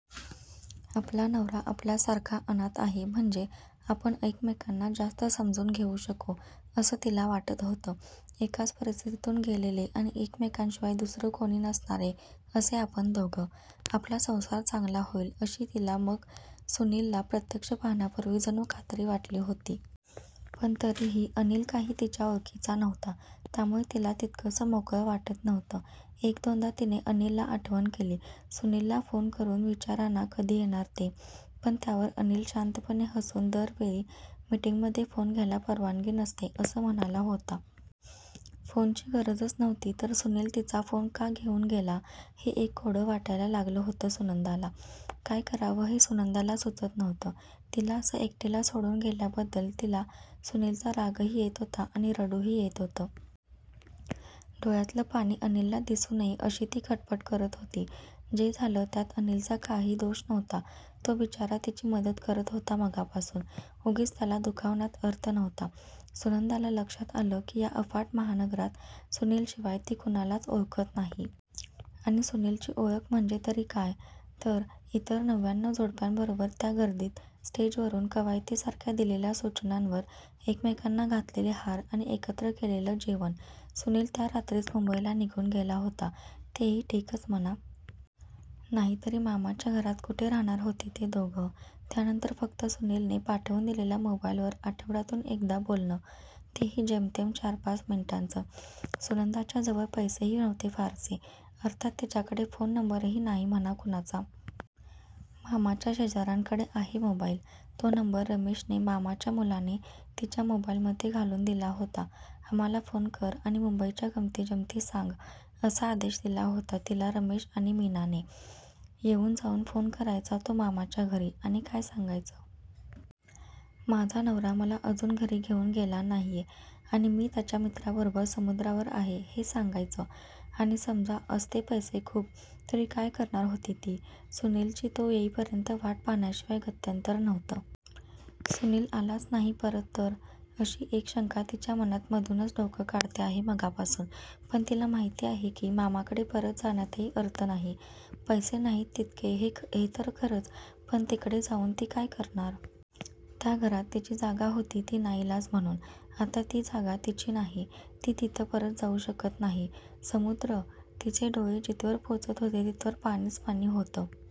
आपला नवरा आपल्यासारखा अनाथ आहे म्हणजे आपण एकमेकांना जास्त समजून घेऊ शकू असं तिला वाटलं होतं. एकाच परिस्थितीतून गेलेले आणि एकमेकांशिवाय दुसरं कोणी नसणारे असे आपण दोघं, आपला संसार चांगला होईल अशी तिला मग सुनीलला प्रत्यक्ष पाहण्यापूर्वी जणू खात्री वाटली होती. पण तरीही अनिल काही तिच्या ओळखीचा नव्हता, त्यामुळे तिला तितकंसं मोकळं वाटत नव्हतं. एक दोनदा तिने अनिलला आठवण केली, सुनीलला फोन करून विचारा ना कधी येणार ते. पण त्यावर अनिल शांतपणे हसून दर वेळी, मीटिंगमध्ये फोन घ्यायला परवानगी नसते, असं म्हणाला होता. फोनची गरजच नव्हती तर सुनील तिचा फोन का घेऊन गेला हे एक कोडं वाटायला लागलं होतं सुनंदाला. काय करावं हे सुनंदाला सुचत नव्हतं. तिला असं एकटीला सोडून गेल्याबद्दल तिला सुनीलचा रागही येत होता आणि रडूही येत होतं. डोळ्यातलं पाणी अनिलला दिसू नये अशी ती खटपट करत होती. जे झालं त्यात अनिलचा काही दोष नव्हता, तो बिचारा तिची मदत करत होता मघापासून. उगीच त्याला दुखावण्यात अर्थ नव्हता. सुनंदाला लक्षात आलं की या अफाट महानगरात सुनीलशिवाय ती कुणालाच ओळखत नाही. आणि सुनीलची ओळख म्हणजे तरी काय? तर इतर नव्व्याणव जोडप्यांबरोबर त्या गर्दीत स्टेजवरून कवायतीसारख्या दिलेल्या सूचनांवर एकमेकांना घातलेले हार आणि एकत्र केलेलं जेवण. सुनील त्या रात्रीच मुंबईला निघून गेला होता, तेही ठीकच म्हणा. नाहीतरी मामाच्या घरात कुठे राहणार होते ते दोघं? त्यानंतर फक्त सुनीलने पाठवून दिलेल्या मोबाईलवर आठवड्यातून एकदा बोलणं, तेही जेमतेम चार पाच मिनिटांचं. सुनंदाच्या जवळ पैसेही नव्हते फारसे. अर्थात तिच्याकडे फोन नंबरही नाही म्हणा कुणाचा. मामाच्या शेजाऱ्यांकडे आहे मोबाईल, तो नंबर रमेशने, मामाच्या मुलाने, तिच्या मोबाईलमध्ये घालून दिला होता तिला. आम्हाला फोन कर आणि मुंबईच्या गमतीजमती सांग, असा आदेश दिला होता तिला रमेश आणि मीनाने. येऊन जाऊन फोन करायचा तो मामाच्या घरी, आणि काय सांगायचं? माझा नवरा मला अजून घरी घेऊन गेला नाहीये आणि मी त्याच्या मित्राबरोबर समुद्रावर आहे, हे सांगायचं? आणि समजा असते पैसे खूप तरी काय करणार होती ती? सुनीलची तो येईपर्यंत वाट पाहण्याशिवाय गत्यंतर नव्हतं. सुनील आलाच नाही परत तर? अशी एक शंका तिच्या मनात मधूनच डोकं काढते आहे मघापासून. पण तिला माहिती आहे की मामाकडे परत जाण्यातही अर्थ नाही. पैसे नाहीत तितके हे तर खरंच, पण तिकडे जाऊन ती काय करणार? त्या घरात तिची जागा होती ती नाईलाज म्हणून. आता ती जागा तिची नाही, ती तिथं परत जाऊ शकत नाही. समुद्र! तिचे डोळे जिथवर पोचत होते तिथवर पाणीच पाणी होतं!